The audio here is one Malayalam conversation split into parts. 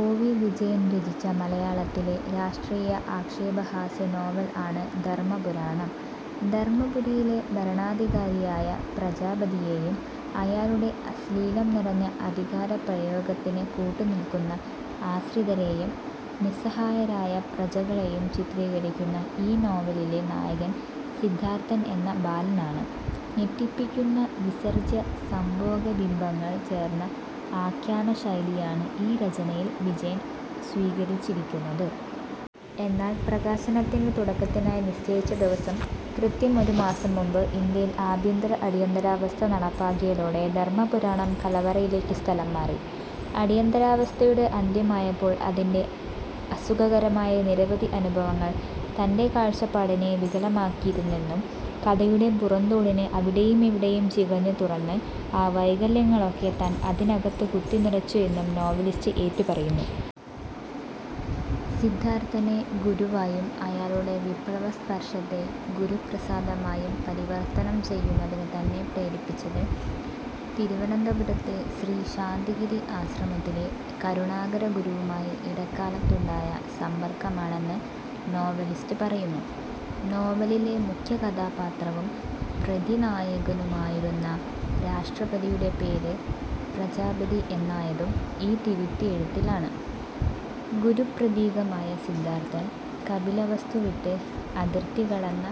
ഒ. വി. വിജയൻ രചിച്ച മലയാളത്തിലെ രാഷ്ട്രീയ ആക്ഷേപഹാസ്യ നോവൽ ആണ് ധർമ്മപുരാണം. ധർമ്മപുരിയിലെ ഭരണാധികാരിയായ പ്രജാപതിയെയും അയാളുടെ അശ്ലീലം നിറഞ്ഞ അധികാരപ്രയോഗത്തിന് കൂട്ടുനിൽക്കുന്ന ആശ്രിതരേയും നിസ്സഹായരായ പ്രജകളെയും ചിത്രീകരിക്കുന്ന ഈ നോവലിലെ നായകൻ സിദ്ധാർത്ഥൻ എന്ന ബാലനാണ്. ഞെട്ടിപ്പിക്കുന്ന വിസർജ്ജ്യ, സംഭോഗ ബിംബങ്ങൾ ചേർന്ന ആഖ്യാന ശൈലിയാണ് ഈ രചനയിൽ വിജയൻ സ്വീകരിച്ചിരിക്കുന്നത്. എന്നാൽ പ്രകാശനത്തിന്റെ തുടക്കത്തിനായി നിശ്ചയിച്ച ദിവസത്തിനു കൃത്യം ഒരു മാസം മുൻപ് ഇൻഡ്യയിൽ ആഭ്യന്തര അടിയന്തരാവസ്ഥ നടപ്പാക്കിയതോടെ "ധർമ്മപുരാണം, കലവറയിലേയ്ക്കു സ്ഥലം മാറി". അടിയന്തരാവസ്ഥയുടെ അന്ത്യമായപ്പോൾ, അതിന്റെ അസുഖകരമായ നിരവധി അനുഭവങ്ങൾ തന്റെ കാഴ്ചപ്പാടിനെ വികലമാക്കിയിരുന്നെന്നും, കഥയുടെ പുറംതോടിനെ അവിടെയും ഇവിടെയും ചികഞ്ഞു തുറന്ന് ആ വൈകല്യങ്ങളെയൊക്കെ താൻ അതിനകത്തു കുത്തി നിറച്ചു എന്നും നോവലിസ്റ്റ് ഏറ്റു പറയുന്നു. സിദ്ധാർത്ഥനെ ഗുരുവായും അയാളുടെ വിപ്ലവസ്പർശത്തെ ഗുരുപ്രസാദമായും പരിവർത്തനം ചെയ്യുന്നതിനു തന്നെ പ്രേരിപ്പിച്ചത്, തിരുവനന്തപുരത്തെ ശ്രീശാന്തിഗിരി ആശ്രമത്തിലെ കരുണാകരഗുരുവുമായി ഇടക്കാലത്തുണ്ടായ സമ്പർക്കമാണെന്ന് നോവലിസ്റ്റ് പറയുന്നു. നോവലിലെ മുഖ്യകഥാപാത്രവും പ്രതിനായകനുമായിരുന്ന "രാഷ്ട്രപതി"-യുടെ പേര് "പ്രജാപതി" എന്നായതും ഈ തിരുത്തിയെഴുത്തിലാണ്. ഗുരുപ്രതീകമായ സിദ്ധാർത്ഥൻ കപിലവസ്തു വിട്ട് അതിർത്തി കടന്ന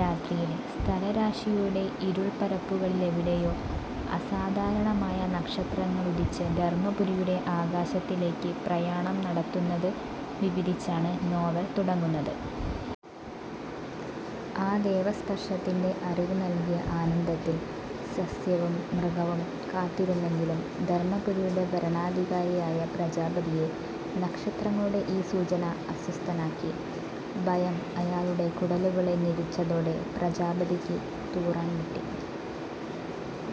രാത്രിയിൽ, "സ്ഥലരാശിയുടെ ഇരുൾപ്പരപ്പുകളിലെവിടെയോ അസാധാരണമായ നക്ഷത്രങ്ങളുദിച്ച്" ധർമ്മപുരിയുടെ ആകാശത്തിലേക്ക് പ്രയാണം നടത്തുന്നത് വിവരിച്ചാണ് നോവൽ തുടങ്ങുന്നത്. ആ ദേവസ്പർശത്തിന്റെ അറിവ് നൽകിയ ആനന്ദത്തിൽ സസ്യവും മൃഗവും കാത്തിരുന്നെങ്കിലും ധർമ്മപുരിയുടെ ഭരണാധികാരിയായ പ്രജാപതിയെ നക്ഷത്രങ്ങളുടെ ഈ സൂചന അസ്വസ്ഥനാക്കി. ഭയം അയാളുടെ കുടലുകളെ ഞെരിച്ചതോടെ "പ്രജാപതിയ്ക്ക് തൂറാൻ മുട്ടി".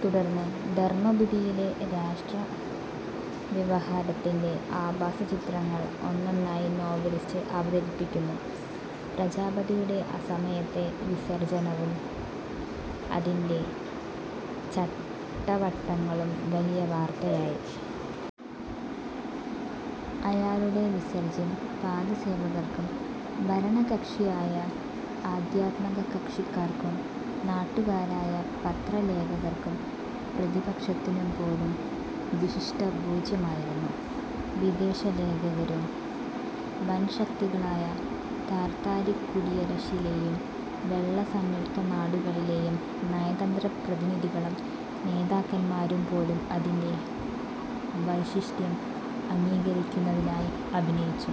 തുടന്ന് ധർമ്മപുരിയിലെ രാഷ്ട്രവ്യവഹാരത്തിന്റെ ആഭാസചിത്രങ്ങൾ ഒന്നൊന്നായി നോവലിസ്റ്റ് അവതരിപ്പിക്കുന്നു. പ്രജാപതിയുടെ അസമയത്തെ വിസർജ്ജനവും അതിന്റെ ചട്ടവട്ടങ്ങളും വലിയ വാർത്തയായി. അയാളുടെ വിസർജ്ജ്യം പാദസേവകർക്കും, ഭരണകക്ഷിയായ ആധ്യാത്മകക്ഷിക്കാർക്കും, നാട്ടുകാരായ പത്രലേഖകർക്കും, പ്രതിപക്ഷത്തിനും പോലും വിശിഷ്ടഭോജ്യമായിരുന്നു. വിദേശലേഖകരും, വൻശക്തികളായ താർത്താരിക്കുടിയരശിലേയും വെള്ള സംയുക്തനാടുകളിലേയും നയതന്ത്രപ്രതിനിധികളും നേതാക്കന്മാരും പോലും അതിന്റെ വൈശിഷ്ട്യം അംഗീകരിക്കുന്നതായി അഭിനയിച്ചു.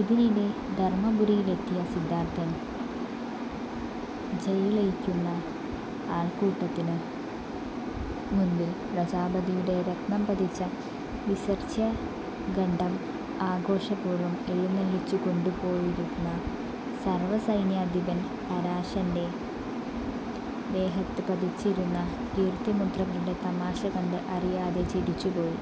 ഇതിനിടെ ധർമ്മപുരിയിലെത്തിയ സിദ്ധാർത്ഥൻ, ജയ്വിളിക്കുന്ന അൾകൂട്ടത്തിനു മുൻപിൽ പ്രജാപതിയുടെ രത്നം പതിച്ച വിസർജ്ജ്യഘണ്ഡം ആഘോഷപൂർവം എഴുന്നെള്ളിച്ചുകൊണ്ടുപോയിരുന്ന സർവസൈന്യാധിപൻ പരാശരന്റെ ദേഹത്ത് പതിച്ചിരുന്ന കീർത്തിമുദ്രകളുടെ തമാശ കണ്ട് അറിയാതെ ചിരിച്ചുപോയി.